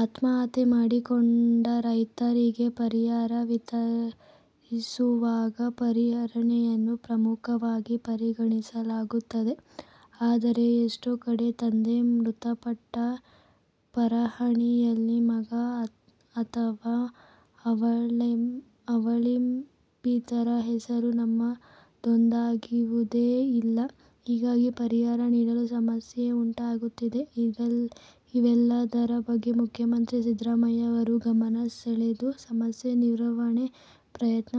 ಆತ್ಮಹತ್ಯೆ ಮಾಡಿಕೊಂಡ ರೈತರಿಗೆ ಪರಿಹಾರ ವಿತರಿಸುವಾಗ ಪಹಣಿಯನ್ನು ಪ್ರಮುಖವಾಗಿ ಪರಿಗಣಿಸಲಾಗುತ್ತದೆ. ಆದರೆ, ಎಷ್ಟೋ ಕಡೆ ತಂದೆ ಮೃತಪಟ್ಟಾಗ ಪಹಣಿಯಲ್ಲಿ ಮಗ ಅಥವಾ ಅವಲಂಬಿತರ ಹೆಸರು ನಮೂದಾಗಿರುವುದೇ ಇಲ್ಲ. ಹೀಗಾಗಿ ಪರಿಹಾರ ನೀಡಲು ಸಮಸ್ಯೆ ಉಂಟಾಗುತ್ತಿದೆ. ಇವೆಲ್ಲದರ ಬಗ್ಗೆ ಮುಖ್ಯಮಂತ್ರಿ ಸಿದ್ದರಾಮಯ್ಯನವರ ಗಮನ ಸೆಳೆದು ಸಮಸ್ಯೆ ನಿವಾರಣೆಗೆ ಪ್ರಯತ್ನ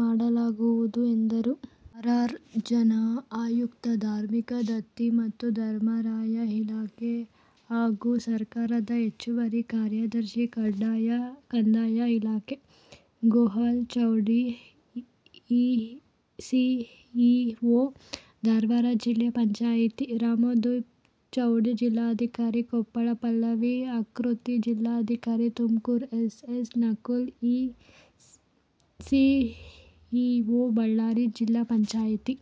ಮಾಡಲಾಗುವುದು ಎಂದರು. ಆರ್. ಆರ್. ಜನ್ನು- ಆಯುಕ್ತರು, ಧಾರ್ಮಿಕ ದತ್ತಿ ಮತ್ತು ಧರ್ಮಾದಾಯ ಇಲಾಖೆ ಹಾಗೂ ಸರ್ಕಾರದ ಹೆಚ್ಚುವರಿ ಕಾರ್ಯದರ್ಶಿ, ಕಂದಾಯ ಇಲಾಖೆ. ಗೊಯಲ್ ಚೌಧರಿ- ಸಿಇಓ, ಧಾರವಾಡ ಜಿಲ್ಲಾ ಪಂಚಾಯತಿ. ರಮಣದೀಪ್ ಚೌಧರಿ- ಜಿಲ್ಲಾಧಿಕಾರಿ, ಕೊಪ್ಪಳ. ಪಲ್ಲವಿ ಆಕೃತಿ- ಜಿಲ್ಲಾಧಿಕಾರಿ, Tumakuru. S. S. Nakul- CEO, Ballari ಜಿಲ್ಲಾ ಪಂಚಾಯತಿ.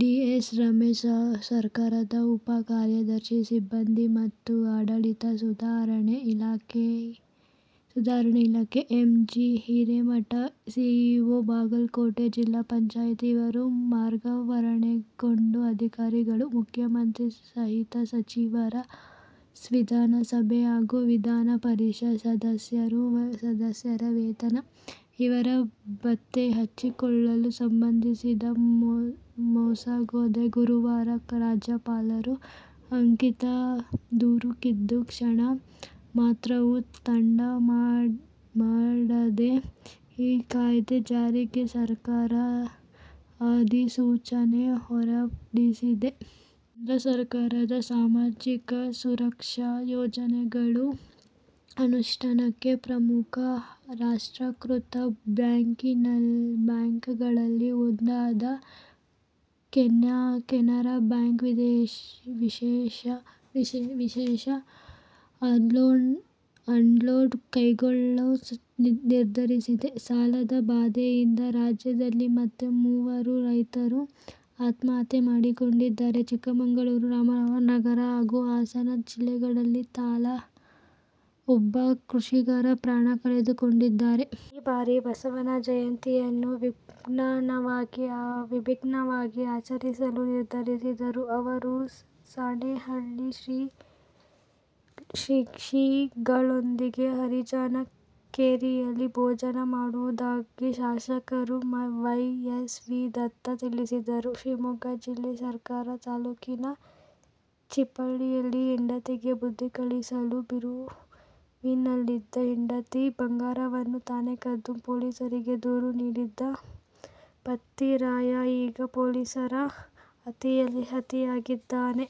ಡಿ. ಎಸ್. ರಮೇಶ್- ಸರ್ಕಾರದ ಉಪ ಕಾರ್ಯದರ್ಶಿ, ಸಿಬ್ಬಂದಿ ಮತ್ತು ಆಡಳಿತ ಸುಧಾರಣೆ ಇಲಾಖೆ. M. G. Hiremath- CEO, Bagalkot ಜಿಲ್ಲಾ ಪಂಚಾಯತಿ, ಇವರು ವರ್ಗಾವಣೆಗೊಂಡ ಅಧಿಕಾರಿಗಳು. ಮುಖ್ಯಮಂತ್ರಿ ಸಹಿತ ಸಚಿವರು, ವಿಧಾನಸಭೆ ಹಾಗೂ ವಿಧಾನ ಪರಿಷತ್ ಸದಸ್ಯರ ವೇತನ, ಇತರ ಭತ್ತೆ ಹೆಚ್ಚಳಕ್ಕೆ ಸಂಬಂಧಿಸಿದ ಮಸೂದೆಗೆ ಗುರುವಾರ ರಾಜ್ಯಪಾಲರ ಅಂಕಿತ ದೊರಕಿದ್ದು, ಕ್ಷಣ ಮಾತ್ರವೂ ತಡ ಮಾಡದೆ ಈ ಕಾಯ್ದೆ ಜಾರಿಗೆ ಸರಕಾರ ಅಧಿಸೂಚನೆ ಹೊರಡಿಸಿದೆ. ಕೇಂದ್ರ ಸರ್ಕಾರದ ಸಾಮಾಜಿಕ ಸುರಕ್ಷತಾ ಯೋಜನೆಗಳ ಅನುಷ್ಠಾನಕ್ಕೆ ಪ್ರಮುಖ ರಾಷ್ಟ್ರೀಕೃತ ಬ್ಯಾಂಕ್ಗಳಲ್ಲಿ ಒಂದಾದ ಕೆನರಾ ಬ್ಯಾಂಕ್ ವಿಶೇಷ ಆಂದೋಲನ ಕೈಗೊಳ್ಳಲು ನಿರ್ಧರಿಸಿದೆ. ಸಾಲದ ಬಾಧೆಯಿಂದ ರಾಜ್ಯದಲ್ಲಿ ಮತ್ತೆ ಮೂವರು ರೈತರು ಆತ್ಮಹತ್ಯೆ ಮಾಡಿಕೊಂಡಿದ್ದಾರೆ. ಚಿಕ್ಕಮಗಳೂರು, ರಾಮನಗರ ಹಾಗೂ ಹಾಸನ ಜಿಲ್ಲೆಗಳಲ್ಲಿ ತಲಾ ಒಬ್ಬ ಕೃಷಿಕರು ಪ್ರಾಣ ಕಳೆದುಕೊಂಡಿದ್ದಾರೆ. ಈ ಬಾರಿಯ ಬಸವ ಜಯಂತಿ ಯನ್ನು ವಿಭಿನ್ನವಾಗಿ ಆಚರಿಸಲು ನಿರ್ಧರಿಸಿದ್ದು, ಅಂದು ಸಾಣೇಹಳ್ಳಿ ಶ್ರೀಗಳೊಂದಿಗೆ ಹರಿಜನ ಕೇರಿಯಲ್ಲಿ ಭೋಜನ ಮಾಡುವುದಾಗಿ ಶಾಸಕ ವೈ. ಎಸ್. ವಿ. ದತ್ತ ತಿಳಿಸಿದರು. ಶಿವಮೊಗ್ಗ ಜಿಲ್ಲೆ ಸಾಗರ ತಾಲೂಕಿನ ಚಿಪ್ಳಿಯಲ್ಲಿ ಹೆಂಡತಿಗೆ ಬುದ್ಧಿ ಕಲಿಸಲು ಬೀರುವಿನಲ್ಲಿದ್ದ ಹೆಂಡತಿಯ ಬಂಗಾರವನ್ನು ತಾನೇ ಕದ್ದು, ಪೊಲೀಸರಿಗೆ ದೂರು ನೀಡಿದ್ದ ಪತಿರಾಯ ಈಗ ಪೊಲೀಸರ ಅತಿಥಿಯಾಗಿದ್ದಾನೆ.